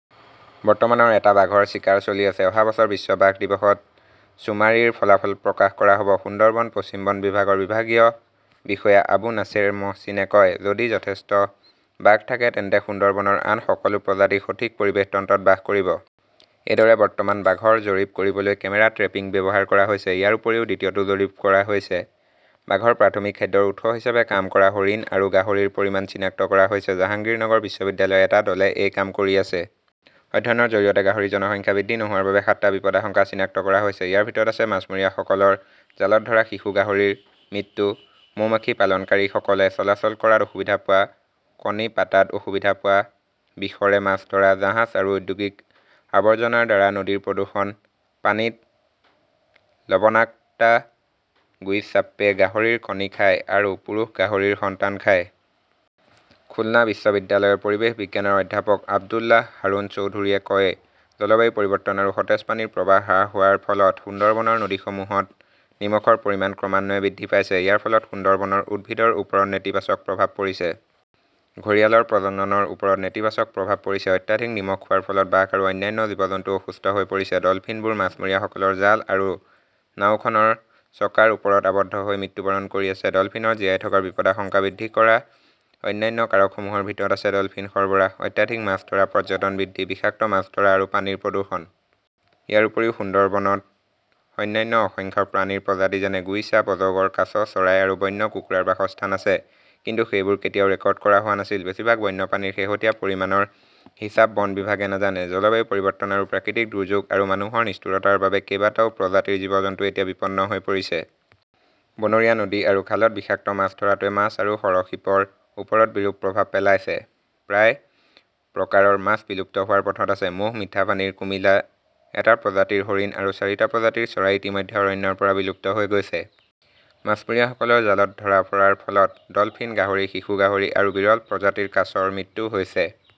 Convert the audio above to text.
বৰ্তমান এটা বাঘৰ চিকাৰ চলি আছে। অহা বছৰ বিশ্ব বাঘ দিৱসত চুমাৰীৰ ফলাফল প্ৰকাশ কৰা হ'ব। সুন্দৰবন পশ্চিম বন বিভাগৰ বিভাগীয় বিষয়া আবু নাছেৰ মহচিনে কয়, যদি যথেষ্ট বাঘ থাকে তেন্তে সুন্দৰবনৰ আন সকলো প্ৰজাতি সঠিক পৰিৱেশ তন্ত্ৰত বাস কৰিব। এইদৰে বৰ্তমান বাঘৰ জৰীপ কৰিবলৈ কেমেৰা ট্ৰেপিং ব্যৱহাৰ কৰা হৈছে। ইয়াৰ উপৰিও, দ্বিতীয়টো জৰীপ কৰা হৈছে। বাঘৰ প্ৰাথমিক খাদ্যৰ উৎস হিচাপে কাম কৰা হৰিণ আৰু গাহৰিৰ পৰিমাণ চিনাক্ত কৰা হৈছে। জাহাংগীৰনগৰ বিশ্ববিদ্যালয়ৰ এটা দলে এই কাম কৰি আছে। অধ্যয়নৰ জৰিয়তে গাহৰিৰ জনসংখ্যা বৃদ্ধি নোহোৱাৰ বাবে সাতটা বিপদাশংকা চিনাক্ত কৰা হৈছে। ইয়াৰ ভিতৰত আছে মাছমৰীয়াসকলৰ জালত ধৰা শিশু গাহৰিৰ মৃত্যু, মৌমাখি পালনকাৰীসকলে চলাচল কৰাত অসুবিধা পোৱা, কণী পাতাত অসুবিধা পোৱা, বিষৰে মাছ ধৰা, জাহাজ আৰু ঔদ্যোগিক আৱৰ্জনাৰ দ্বাৰা নদীৰ প্ৰদূষণ, পানীত লবণাক্তা, গুইছাপ্পে গাহৰিৰ কণী খায় আৰু পুৰুষ গাহৰিৰ সন্তান খায়। খুলনা বিশ্ববিদ্যালয়ৰ পৰিৱেশ বিজ্ঞানৰ অধ্যাপক আব্দুল্লাহ হাৰুন চৌধুৰীয়ে কয় জলবায়ু পৰিৱৰ্তন আৰু সতেজ পানীৰ প্ৰৱাহ হ্ৰাস হোৱাৰ ফলত সুন্দৰবনৰ নদীসমূহত নিমখৰ পৰিমাণ ক্ৰমান্বয়ে বৃদ্ধি পাইছে। ইয়াৰ ফলত সুন্দৰবনৰ উদ্ভিদৰ ওপৰত নেতিবাচক প্ৰভাৱ পৰিছে। ঘঁৰিয়ালৰ প্ৰজননৰ ওপৰত নেতিবাচক প্ৰভাৱ পৰিছে। অত্যাধিক নিমখ খোৱাৰ ফলত বাঘ আৰু অন্যান্য জীৱ-জন্তু অসুস্থ হৈ পৰিছে। ডল্ফিনবোৰ মাছমৰীয়াসকলৰ জাল আৰু নাওখনৰ চকাৰ ওপৰত আবদ্ধ হৈ মৃত্যুবৰণ কৰি আছে। ডলফিনৰ জীয়াই থকাৰ বিপদাশংকা বৃদ্ধি কৰা অন্যান্য কাৰকসমূহৰ ভিতৰত আছে ডলফিন সৰবৰাহ, অত্যাধিক মাছ ধৰা, পৰ্যটন বৃদ্ধি, বিষাক্ত মাছ ধৰা আৰু পানীৰ প্ৰদূষণ। ইয়াৰ উপৰিও, সুন্দৰবনত অন্যান্য অসংখ্য প্ৰাণীৰ প্ৰজাতি যেনে গুইছাপ, অজগৰ, কাছ, চৰাই আৰু বন্য কুকুৰাৰ বাসস্থান আছে, কিন্তু সেইবোৰ কেতিয়াও ৰেকৰ্ড কৰা হোৱা নাছিল। বেছিভাগ বন্যপ্ৰাণীৰ শেহতীয়া পৰিমাণৰ হিচাপ বন বিভাগে নাজানে। জলবায়ু পৰিৱৰ্তন আৰু প্ৰাকৃতিক দুৰ্যোগ আৰু মানুহৰ নিষ্ঠুৰতাৰ বাবে কেইবাটাও প্ৰজাতিৰ জীৱ-জন্তু এতিয়া বিপন্ন হৈ পৰিছে। বনৰীয়া নদী আৰু খালত বিষাক্ত মাছ ধৰাটোৱে মাছ আৰু সৰীসৃপৰ ওপৰত বিৰূপ প্ৰভাৱ পেলাইছে। প্ৰায় প্ৰকাৰৰ মাছ বিলুপ্ত হোৱাৰ পথত আছে। ম 'হ, মিঠা পানীৰ কুমিলা, এটা প্ৰজাতিৰ হৰিণ আৰু চাৰিটা প্ৰজাতিৰ চৰাই ইতিমধ্যে অৰণ্যৰ পৰা বিলুপ্ত হৈ গৈছে। মাছমৰীয়াসকলৰ জালত ধৰা পৰাৰ ফলত ডলফিন, গাহৰি, শিশু গাহৰি আৰু বিৰল প্ৰজাতিৰ কাছৰ মৃত্যু হৈছে।